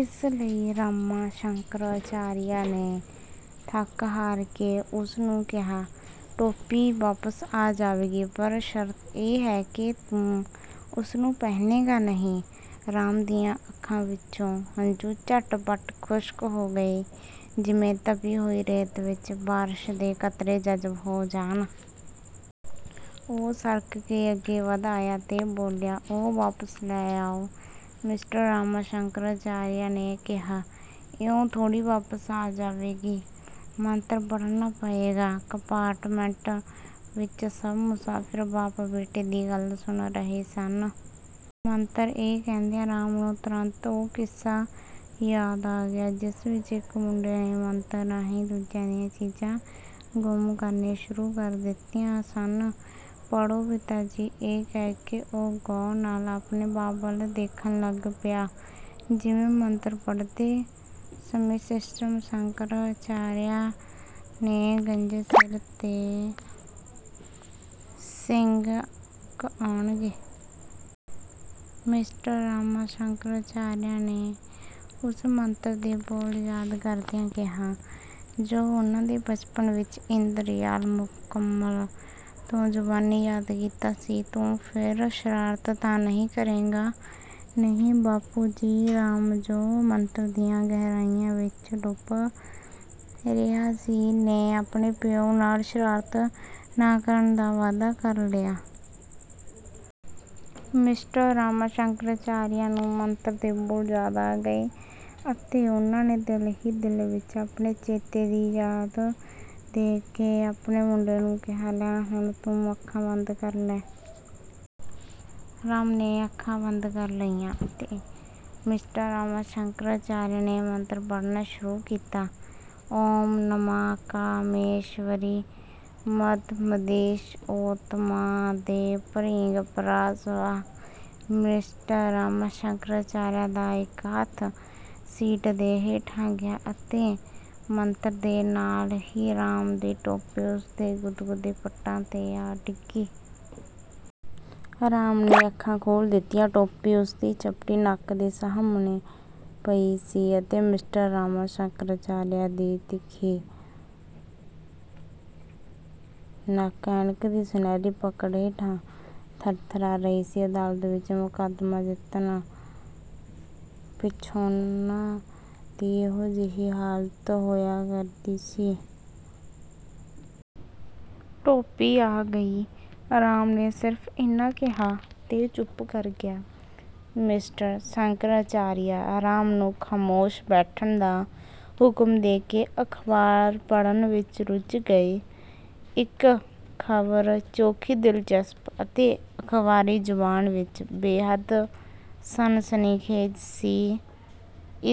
ਇਸ ਲਈ ਰਾਮਾ ਸ਼ੰਕਰ ਅਚਾਰੀਆ ਨੇ ਥੱਕ ਹਾਰ ਕੇ ਉਸ ਨੂੰ ਕਿਹਾ, "ਟੋਪੀ ਵਾਪਸ ਆ ਜਾਵੇਗੀ ਪਰ ਸ਼ਰਤ ਇਹ ਹੈ ਕਿ ਤੂੰ ਉਸ ਨੂੰ ਪਹਿਨੇਂਗਾ ਨਹੀਂ " ਰਾਮ ਦੀਆਂ ਅੱਖਾਂ ਵਿਚੋਂ ਹੰਝੂ ਝੱਟ-ਪੱਟ ਖੁਸ਼ਕ ਹੋ ਗਏ ਜਿਵੇਂ ਤਪੀ ਹੋਈ ਰੇਤ ਵਿਚ ਬਾਰਸ਼ ਦੇ ਕਤਰੇ ਜਜ਼ਬ ਹੋ ਜਾਣ। ਉਹ ਸਰਕ ਕੇ ਅੱਗੇ ਵਧ ਆਇਆ ਤੇ ਬੋਲਿਆ, "ਉਹ ਵਾਪਸ ਲੈ ਆਓ। " ਮਿਸਟਰ ਰਾਮਾ ਸ਼ੰਕਰ ਅਚਾਰੀਆ ਨੇ ਕਿਹਾ, "ਇਉਂ ਥੋੜ੍ਹੀ ਵਾਪਸ ਆ ਜਾਵੇਗੀ, ਮੰਤਰ ਪੜ੍ਹਨਾ ਪਏਗਾ। " ਕੰਪਾਰਟਮੈਂਟ ਵਿਚ ਸਭ ਮੁਸਾਫਿਰ ਬਾਪ ਬੇਟੇ ਦੀ ਗੱਲਬਾਤ ਸੁਣ ਰਹੇ ਸਨ। "ਮੰਤਰ", ਇਹ ਕਹਿੰਦਿਆਂ ਰਾਮ ਨੂੰ ਤੁਰੰਤ ਉਹ ਕਿੱਸਾ ਯਾਦ ਆ ਗਿਆ ਜਿਸ ਵਿਚ ਇਕ ਮੁੰਡੇ ਨੇ ਮੰਤਰ ਰਾਹੀਂ ਦੂਜਿਆਂ ਦੀਆਂ ਚੀਜ਼ਾਂ ਗੁੰਮ ਕਰਨੀਆਂ ਸ਼ੁਰੂ ਕਰ ਦਿੱਤੀਆਂ ਸਨ। "ਪੜ੍ਹੋ ਪਿਤਾ ਜੀ", ਇਹ ਕਹਿ ਕੇ ਉਹ ਗਹੁ ਨਾਲ ਆਪਣੇ ਬਾਪ ਵੱਲ ਦੇਖਣ ਲੱਗਿਆ ਜਿਵੇਂ ਮੰਤਰ ਪੜ੍ਹਦੇ ਸਮੇਂ ਮਿਸਟਰ ਸ਼ੰਕਰ ਆਚਾਰੀਆ ਦੇ ਗੰਜੇ ਸਿਰ 'ਤੇ ਸਿੰਗ ਉਗ ਆਉਣਗੇ। ਮਿਸਟਰ ਰਾਮਾ ਸ਼ੰਕਰ ਆਚਾਰੀਆ ਨੇ ਉਸ ਮੰਤਰ ਦੇ ਬੋਲ ਯਾਦ ਕਰਦਿਆਂ ਕਿਹਾ ਜੋ ਉਨ੍ਹਾਂ ਨੇ ਬਚਪਨ ਵਿਚ 'ਇੰਦਰ ਜਾਲ ਮੁਕੰਮਲ' ਤੋਂ ਜ਼ੁਬਾਨੀ ਯਾਦ ਕੀਤਾ ਸੀ, "ਤੂੰ ਫੇਰ ਸ਼ਰਾਰਤ ਤਾਂ ਨਹੀਂ ਕਰੇਂਗਾ? " "ਨਹੀਂ ਬਾਪੂ ਜੀ", ਰਾਮ ਜੋ ਮੰਤਰ ਦੀਆਂ ਗਹਿਰਾਈਆਂ ਵਿਚ ਡੁੱਬ ਰਿਹਾ ਸੀ, ਨੇ ਆਪਣੇ ਪਿਉੁ ਨਾਲ ਸ਼ਰਾਰਤ ਨਾ ਕਰਨ ਦਾ ਵਾਅਦਾ ਕਰ ਲਿਆ। ਮਿਸਟਰ ਰਾਮਾ ਸ਼ੰਕਰ ਅਚਾਰੀਆ ਨੂੰ ਮੰਤਰ ਦੇ ਬੋਲ ਯਾਦ ਆ ਗਏ ਅਤੇ ਉਨ੍ਹਾਂ ਨੇ ਦਿਲ ਹੀ ਦਿਲ ਵਿਚ ਆਪਣੇ ਚੇਤੇ ਦੀ ਦਾਦ ਦੇ ਕੇ ਆਪਣੇ ਮੁੰਡੇ ਨੂੰ ਕਿਹਾ, "ਲੈ ਹੁਣ ਤੂੰ ਅੱਖਾਂ ਬੰਦ ਕਰ ਲੈ। " ਰਾਮ ਨੇ ਅੱਖਾਂ ਬੰਦ ਕਰ ਲਈਆਂ ਅਤੇ ਮਿਸਟਰ ਰਾਮਾ ਸ਼ੰਕਰ ਅਚਾਰੀਆ ਨੇ ਮੰਤਰ ਪੜ੍ਹਨਾ ਸ਼ੁਰੂ ਕੀਤਾ। "ਓਮ ਨਮਾ ਕਾਮੇਸ਼ਵਰੀ ਮਦ ਮਦੀਸ਼ ਓਤਮਾ ਦੇ ਭਰੀਂਗ ਪਰਾ ਸਵਾਹ", ਮਿਸਟਰ ਰਾਮਾ ਸ਼ੰਕਰ ਅਚਾਰੀਆ ਦਾ ਇਕ ਹੱਥ ਸੀਟ ਦੇ ਹੇਠਾਂ ਗਿਆ ਅਤੇ 'ਮੰਤਰ' ਦੇ ਨਾਲ ਹੀ ਰਾਮ ਦੀ ਟੋਪੀ ਉਸ ਦੇ ਗੁਦਗੁਦੇ ਪੱਟਾਂ 'ਤੇ ਆ ਡਿੱਗੀ। ਰਾਮ ਨੇ ਅੱਖਾਂ ਖੋਲ੍ਹ ਦਿੱਤੀਆਂ। ਟੋਪੀ ਉਸ ਦੀ ਚਪਟੀ ਨੱਕ ਦੇ ਸਾਹਮਣੇ ਪਈ ਸੀ ਅਤੇ ਮਿਸਟਰ ਰਾਮਾ ਸ਼ੰਕਰ ਅਚਾਰੀਆ ਦੀ ਤਿੱਖੀ ਨੱਕ ਐਨਕ ਦੀ ਸੁਨਹਿਰੀ ਪਕੜ ਹੇਠਾਂ ਥਰਥਰਾ ਰਹੀ ਸੀ। ਅਦਾਲਤ ਵਿਚ ਮੁਕੱਦਮਾ ਜਿੱਤਣ ਪਿੱਛੋਂ ਉਨ੍ਹਾਂ ਦੀ ਇਹੋ ਜਿਹੀ ਹਾਲਤ ਹੋਇਆ ਕਰਦੀ ਸੀ। "ਟੋਪੀ ਆ ਗਈ", ਰਾਮ ਨੇ ਸਿਰਫ ਇੰਨਾ ਕਿਹਾ ਤੇ ਚੁੱਪ ਕਰ ਗਿਆ। ਮਿਸਟਰ ਸ਼ੰਕਰ ਅਚਾਰੀਆ ਰਾਮ ਨੂੰ ਖਾਮੋਸ਼ ਬੈਠਣ ਦਾ ਹੁਕਮ ਦੇ ਕੇ ਅਖਬਾਰ ਪੜ੍ਹਨ ਵਿਚ ਰੁੱਝ ਗਏ। ਇਕ ਖਬਰ ਚੋਖੀ ਦਿਲਚਸਪ ਅਤੇ ਅਖਬਾਰੀ ਜ਼ੁਬਾਨ ਵਿਚ ਬੇਹੱਦ ਸਨਸਨੀਖੇਜ਼ ਸੀ।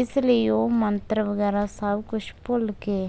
ਇਸ ਲਈ ਉਹ ਮੰਤਰ ਵਗੈਰਾ ਸਭ ਕੁਝ ਭੁੱਲ ਕੇ